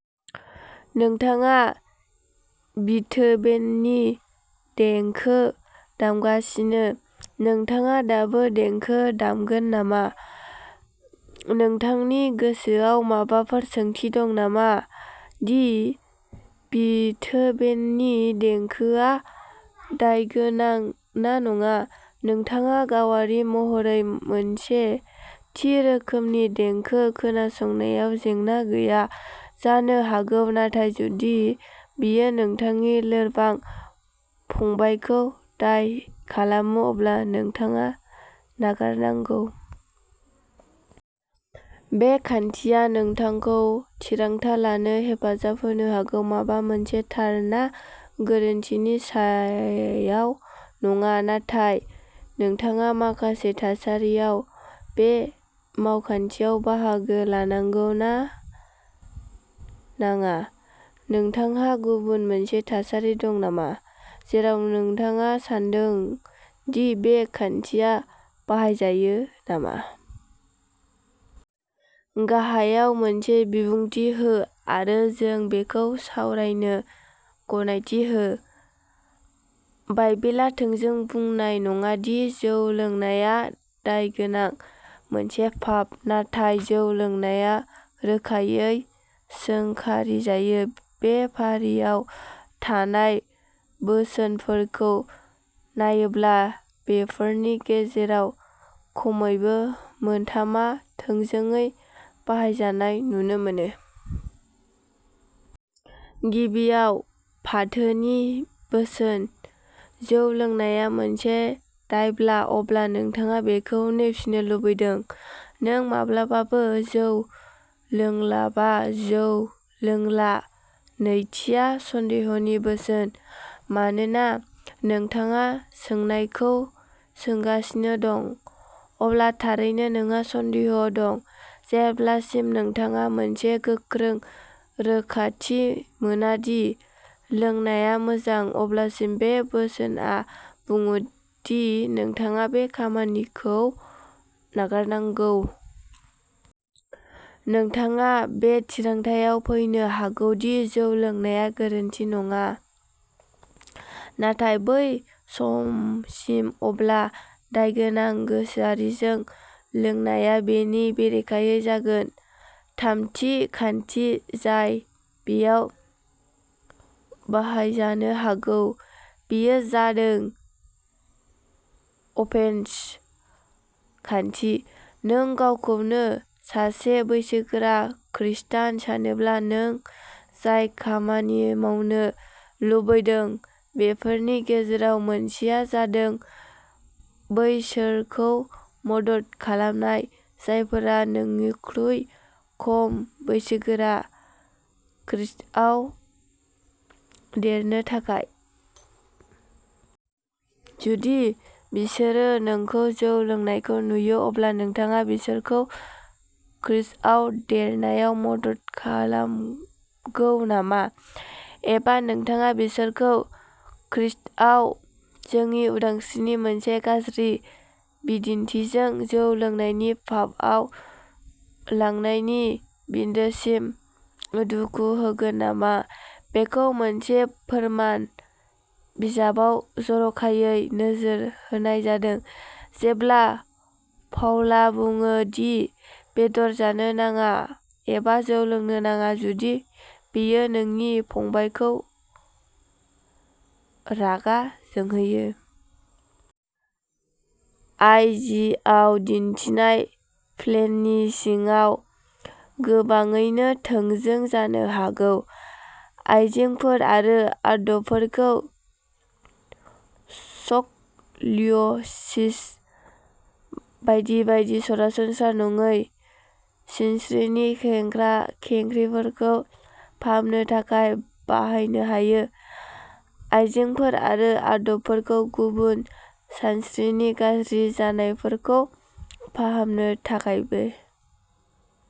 नोंथाङा बीथोभेननि देंखो दामगासिनो, नोंथाङा दाबो देंखो दामगोन नामा? नोंथांनि गोसोआव माबाफोर सोंथि दं नामा दि बीथोभेननि देंखोआ दायगोनां ना नङा? नोंथाङा गावारि महरै मोनसे थि रोखोमनि देंखो खोनासंनायाव जेंना गैया जानो हागौ, नाथाय जुदि बेयो नोंथांनि लोरबां फंबायखौ दाय खालामो अब्ला नोंथाङा नागारनांगौ। बे खान्थिया नोंथांखौ थिरांथा लानो हेफाजाब होनो हागौ माबा मोनसे थार ना गोरोन्थिनि सायाव नङा, नाथाय नोंथाङा माखासे थासारियाव बे मावखान्थियाव बाहागो लानांगौ ना नाङा। नोंथांहा गुबुन मोनसे थासारि दं नामा जेराव नोंथाङा सानदों दि बे खान्थिया बाहायजायो नामा? गाहायाव मोनसे बिबुंथि हो आरो जों बेखौ सावरायनो गनायथि हो। बाइबेला थोंजों बुंनाय नङा दि जौ लोंनाया दायगोनां। मोनसे पाप। नाथाय जौ लोंनाया रोखायै सोंखारिजायो। बे फारिआव थानाय बोसोनफोरखौ नायोब्ला, बेफोरनि गेजेराव खमैबो मोनथामआ थोंजोङै बाहायजानाय नुनो मोनो। गिबिया फाथोनि बोसोन। जौ लोंनाया मोनसे दायब्ला, अब्ला नोंथाङा बेखौ नेवसिनो लुबैदों। नों माब्लाबाबो जौ लोंलाबा जौ लोंला। नैथिआ सन्देहनि बोसोन। मानोना नोंथाङा सोंनायखौ सोंगासिनो दं, अब्ला थारैनो नोंहा सन्देह दं। जेब्लासिम नोंथाङा मोनसे गोख्रों रोखाथि मोना दि लोंनाया मोजां, अब्लासिम बे बोसोनआ बुङो दि नोंथाङा बे खामानिखौ नागारनांगौ। नोंथाङा बे थिरांथायाव फैनो हागौ दि जौ लोंनाया गोरोन्थि नङा, नाथाय बै समसिम, अब्ला दायगोनां गोसोआरिजों लोंनायआ बेनि बेरेखायै जागोन। थामथि खान्थि जाय बेयाव बाहायजानो हागौ बेयो जादों अफेन्स खान्थि। नों गावखौनो सासे बैसोगोरा खृस्टान सानोब्ला, नों जाय खामानि मावनो लुबैदों, बेफोरनि गेजेराव मोनसेआ जादों बैसोरखौ मदद खालामनाय, जायफोरा नोंनिख्रुइ खम बैसोगोरा, खृष्टआव देरनो थाखाय। जुदि बिसोरो नोंखौ जौ लोंनायखौ नुयो, अब्ला नोंथाङा बिसोरखौ खृष्टआव देरनायाव मदद खालामगौ नामा? एबा, नोंथाङा बिसोरखौ ख्रीष्टआव जोंनि उदांस्रिनि मोनसे गाज्रि बिदिन्थिजों जौ लोंनायनि पापआव लांनायनि बिन्दोसिम दुखु होगोन नामा? बेखौ मोनसे फोरमान बिजाबाव जर'खायै नोजोर होनाय जादों, जेब्ला पाउला बुङो दि बेदर जानो नाङा एबा जौ लोंनो नाङा, जुदि बेयो नोंनि फंबायखौ रागा जोंहोयो। आइ जि आव दिन्थिनाय प्लेननि सिङाव गोबाङैनो थोंजों जानो हागौ। आइजेंफोर आरो आदबफोरखौ स्क'लिय'सिस बायदि बायदि सरासनस्रा नङै सिनस्रिनि खेंख्रा-खेंख्रिफोरखौ फाहामनो थाखाय बाहायनो हायो। आइजेंफोर आरो आदबफोरखौ गुबुन सिनस्रिनि गाज्रि जानायफोरखौ फाहामनो थाखायबो